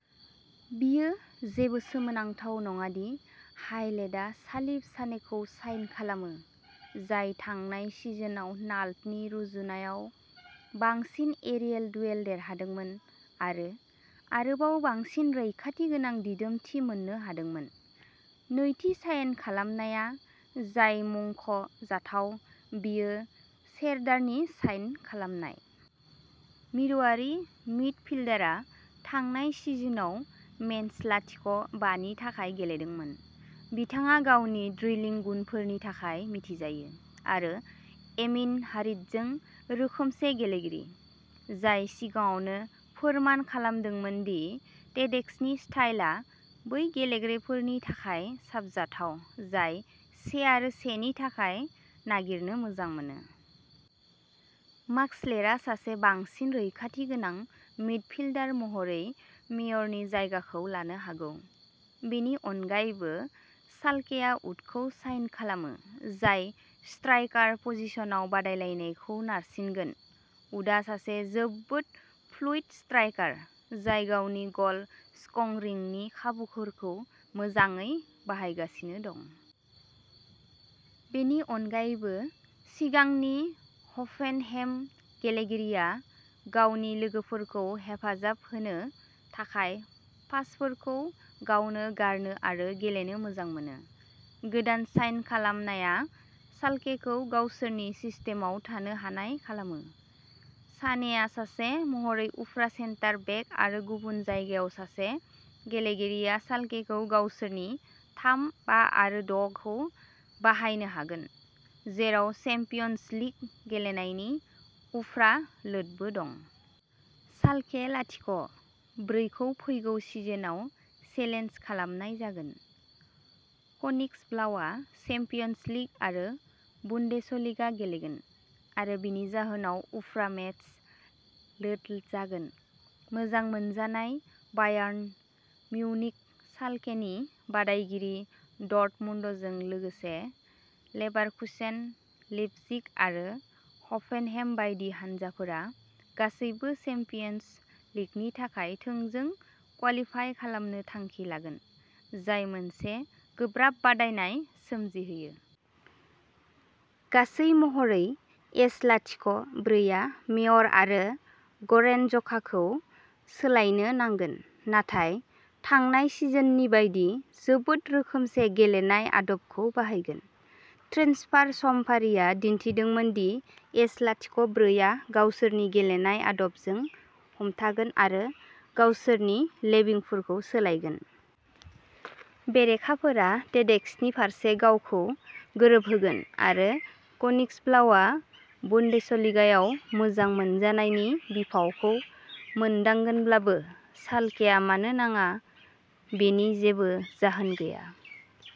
बेयो जेबो सोमोनांथाव नङा दि हाइडेलआ सालिफ सानेखौ साइन खालामो, जाय थांनाय सिजनआव नाल्ड'नि रुजुनायाव बांसिन एरियेल दुवेल देरहादोंमोन आरो आरोबाव बांसिन रैखाथि गोनां दिदोमथि मोननो हादोंमोन। नैथि साइन खालामनाया जाय मुंख' जाथाव, बेयो सेरदारनि साइन खालामनाय। मिरुआरि मिडफिल्डारआ थांनाय सिजनआव मेन्ज लाथिख' बा नि थाखाय गेलेदोंमोन। बिथाङा गावनि ड्रिब्लिं गुनफोरनि थाखाय मिथिजायो आरो एमिन हारिटजों रोखोमसे गेलेगिरि, जाय सिगाङावनो फोरमान खालामदोंमोन दि टेडेस्क'नि स्टाइलआ बै गेलेगिरिफोरनि थाखाय साबजाथाव जाय से आरो से नि थाखाय नागिरनो मोजां मोनो। मास्केरेलआ सासे बांसिन रैखाथि गोनां मिडफिल्डार महरै मेयेरनि जायगाखौ लानो हागौ। बेनि अनगायैबो, शाल्केआ उथखौ साइन खालामो, जाय स्ट्राइकार पजिशनाव बादायलायनायखौ नारसिगोन। उथआ सासे जोबोद फ्लुइड स्ट्राइकार, जाय गावनि गल स्क'रिंनि खाबुफोरखौ मोजाङै बाहायगासिनो दं। बेनि अनगायैबो, सिगांनि हफेनहेइम गेलेगिरिया गावनि लोगोफोरखौ हेफाजाब होनो थाखाय पासफोरखौ गावनो गारनो आरो गेलेनो मोजां मोनो। गोदान साइन खालामनाया शाल्केखौ गावसोरनि सिस्टेमआव थानो हानाय खालामो। सानेआ सासे महरै उफ्रा सेन्टार बेक आरो गुबुन जायगायाव सासे गेलेगिरिया शाल्केखौ गावसोरनि थाम बा आरो द' खौ बाहायनो हागोन, जेराव चेम्पियन्स लिग गेलेनायनि उफ्रा लोडबो दं। शाल्के लाथिख' ब्रै खौ फैगौ सिजनआव चेलेन्ज खालामनाय जागोन। कनिग्सब्लाउआ चेम्पियन्स लिग आरो बुन्देसलिगा गेलेगोन आरो बेनि जाहोनाव उफ्रा मेच लोड जागोन। मोजां मोनजानाय बायार्न म्युनिख, शाल्केनि बादायगिरि डर्टमुन्डजों लोगोसे लेभारकुसेन, लिपजिग आरो हफेनहेम बायदि हानजाफोरा गासैबो च्याम्पियन्स लिगनि थाखाय थोंजों क्वालिफाइ खालामनो थांखि लागोन, जाय मोनसे गोब्राब बादायनाय सोमजिहोयो। गासै महरै, एस लाथिख' ब्रै आ मेयर आरो ग'रेटजकाखौ सोलायनो नांगोन नाथाय थांनाय सिजननि बायदि जोबोद रोखोमसे गेलेनाय आदबखौ बाहायगोन। ट्रेन्सफार समफारिआ दिन्थिदोंमोन दि एस लाथिख' ब्रै आ गावसोरनि गेलेनाय आदबजों हमथागोन आरो गावसोरनि लेभिंफोरखौ सोलायगोन। बेरेखाफोरा टेडेस्क'नि फारसे गावखौ गोरोबहोगोन आरो कनिग्सब्लाउआ बुन्देसलिगायाव मोजां मोनजानायनि बिफावखौ मोनदांगोनब्लाबो, शाल्केआ मानो नाङा बेनि जेबो जाहोन गैया।